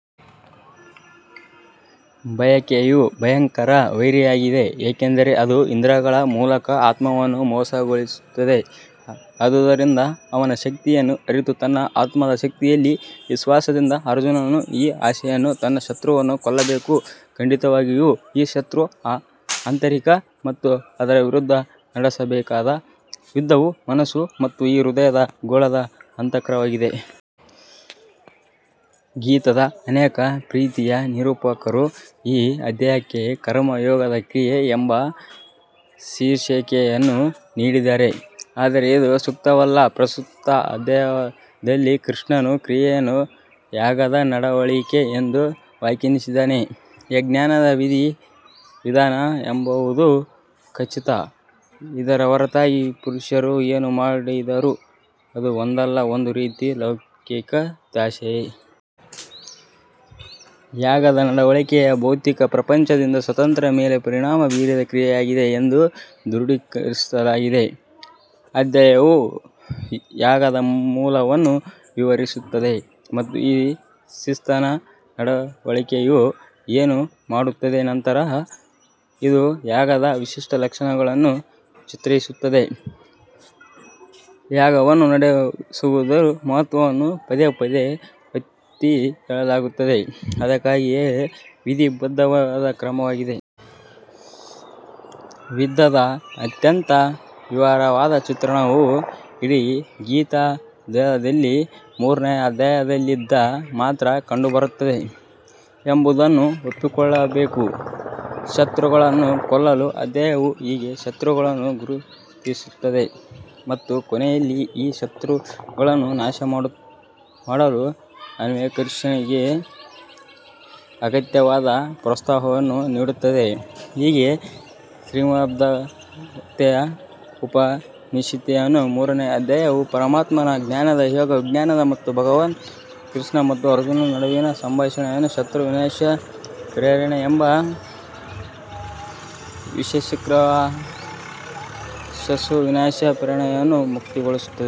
ಬಯಕೆಯು ಭಯಂಕರ ವೈರಿಯಾಗಿದೆ ಏಕೆಂದರೆ ಅದು ಇಂದ್ರಿಯಗಳ ಮೂಲಕ ಆತ್ಮವನ್ನು ಮೋಸಗೊಳಿಸುತ್ತದೆ. ಆದುದರಿಂದ ಅವನ ಶಕ್ತಿಯನ್ನು ಅರಿತು ತನ್ನ ಆತ್ಮದ ಶಕ್ತಿಯಲ್ಲಿ ವಿಶ್ವಾಸದಿಂದ ಅರ್ಜುನನು ಈ ಆಸೆಯನ್ನು ತನ್ನ ಶತ್ರುವನ್ನು ಕೊಲ್ಲಬೇಕು. ಖಂಡಿತವಾಗಿಯೂ ಈ ಶತ್ರು ಆಂತರಿಕ ಮತ್ತು ಅದರ ವಿರುದ್ಧ ನಡೆಸಬೇಕಾದ ಯುದ್ಧವು ಮನಸ್ಸು ಮತ್ತು ಹೃದಯದ ಗೋಳದ ಆಂತರಿಕವಾಗಿದೆ. ಗೀತಾದ ಅನೇಕ ಪ್ರೀತಿಯ ನಿರೂಪಕರು ಈ ಅಧ್ಯಾಯಕ್ಕೆ ಕರ್ಮ ಯೋಗದ ಕ್ರಿಯೆ ಎಂಬ ಶೀರ್ಷಿಕೆಯನ್ನು ನೀಡಿದ್ದಾರೆ ಆದರೆ ಇದು ಸೂಕ್ತವಲ್ಲ. ಪ್ರಸ್ತುತ ಅಧ್ಯಾಯದಲ್ಲಿ ಶ್ರೀಕೃಷ್ಣನು ಕ್ರಿಯೆಯನ್ನು ಯಾಗದ ನಡವಳಿಕೆ ಎಂದು ವ್ಯಾಖ್ಯಾನಿಸಿದ್ದಾನೆ. ಯಜ್ಞವೇ ವಿಧಿ ವಿಧಾನ ಎಂಬುದು ಖಚಿತ. ಇದರ ಹೊರತಾಗಿ ಪುರುಷರು ಏನು ಮಾಡಿದರೂ ಅದು ಒಂದಲ್ಲ ಒಂದು ರೀತಿಯ ಲೌಕಿಕ ದಾಸ್ಯವೇ. ಯಾಗದ ನಡವಳಿಕೆಯು ಭೌತಿಕ ಪ್ರಪಂಚದಿಂದ ಸ್ವಾತಂತ್ರ್ಯದ ಮೇಲೆ ಪರಿಣಾಮ ಬೀರುವ ಕ್ರಿಯೆಯಾಗಿದೆ ಎಂದು ದೃಢೀಕರಿಸಲಾಗುತ್ತದೆ. ಅಧ್ಯಾಯವು ಯಾಗದ ಮೂಲವನ್ನು ವಿವರಿಸುತ್ತದೆ ಮತ್ತು ಈ ಶಿಸ್ತಿನ ನಡವಳಿಕೆಯು ಏನು ನೀಡುತ್ತದೆ. ನಂತರ ಇದು ಯಾಗದ ವಿಶಿಷ್ಟ ಲಕ್ಷಣಗಳನ್ನು ಚಿತ್ರಿಸುತ್ತದೆ. ಯಾಗವನ್ನು ನಡೆಸುವುದರ ಮಹತ್ವವನ್ನು ಪದೇ ಪದೇ ಒತ್ತಿಹೇಳಲಾಗುತ್ತದೆ ಅದಕ್ಕಾಗಿಯೇ ವಿಧಿಬದ್ಧವಾದ ಕ್ರಮವಾಗಿದೆ. ಯುದ್ಧದ ಅತ್ಯಂತ ವಿವರವಾದ ಚಿತ್ರಣವು ಇಡೀ ಗೀತಾದಲ್ಲಿ ಮೂರನೇ ಅಧ್ಯಾಯದಲ್ಲಿ ಮಾತ್ರ ಕಂಡುಬರುತ್ತದೆ ಎಂಬುದನ್ನು ಒಪ್ಪಿಕೊಳ್ಳಬೇಕು. ಶತ್ರುಗಳನ್ನು ಕೊಲ್ಲಲು ಅಧ್ಯಾಯವು ಹೀಗೆ ಶತ್ರುಗಳನ್ನು ಗುರುತಿಸುತ್ತದೆ ಮತ್ತು ಕೊನೆಯಲ್ಲಿ ಈ ಶತ್ರುಗಳನ್ನು ನಾಶಮಾಡಲು ಅನ್ವೇಷಕನಿಗೆ ಅಗತ್ಯವಾದ ಪ್ರೋತ್ಸಾಹವನ್ನು ನೀಡುತ್ತದೆ. ಹೀಗೆ ಶ್ರೀಮದ್ಭಗವದ್ಗೀತೆಯ ಉಪನಿಷತ್ತಿನ ಮೂರನೆಯ ಅಧ್ಯಾಯವು ಪರಮಾತ್ಮನ ಜ್ಞಾನದ ಯೋಗ ವಿಜ್ಞಾನ ಮತ್ತು ಭಗವಾನ್ ಕೃಷ್ಣ ಮತ್ತು ಅರ್ಜುನನ ನಡುವಿನ ಸಂಭಾಷಣೆಯ ಶತ್ರು ವಿನಾಶ ಪ್ರೇರಣೆ ಎಂಬ ಶೀರ್ಷಿಕೆಯ ಶತೃ ವಿನಾಶ ಪ್ರೇರಣೆಯನ್ನು ಮುಕ್ತಾಯಗೊಳಿಸುತ್ತದೆ.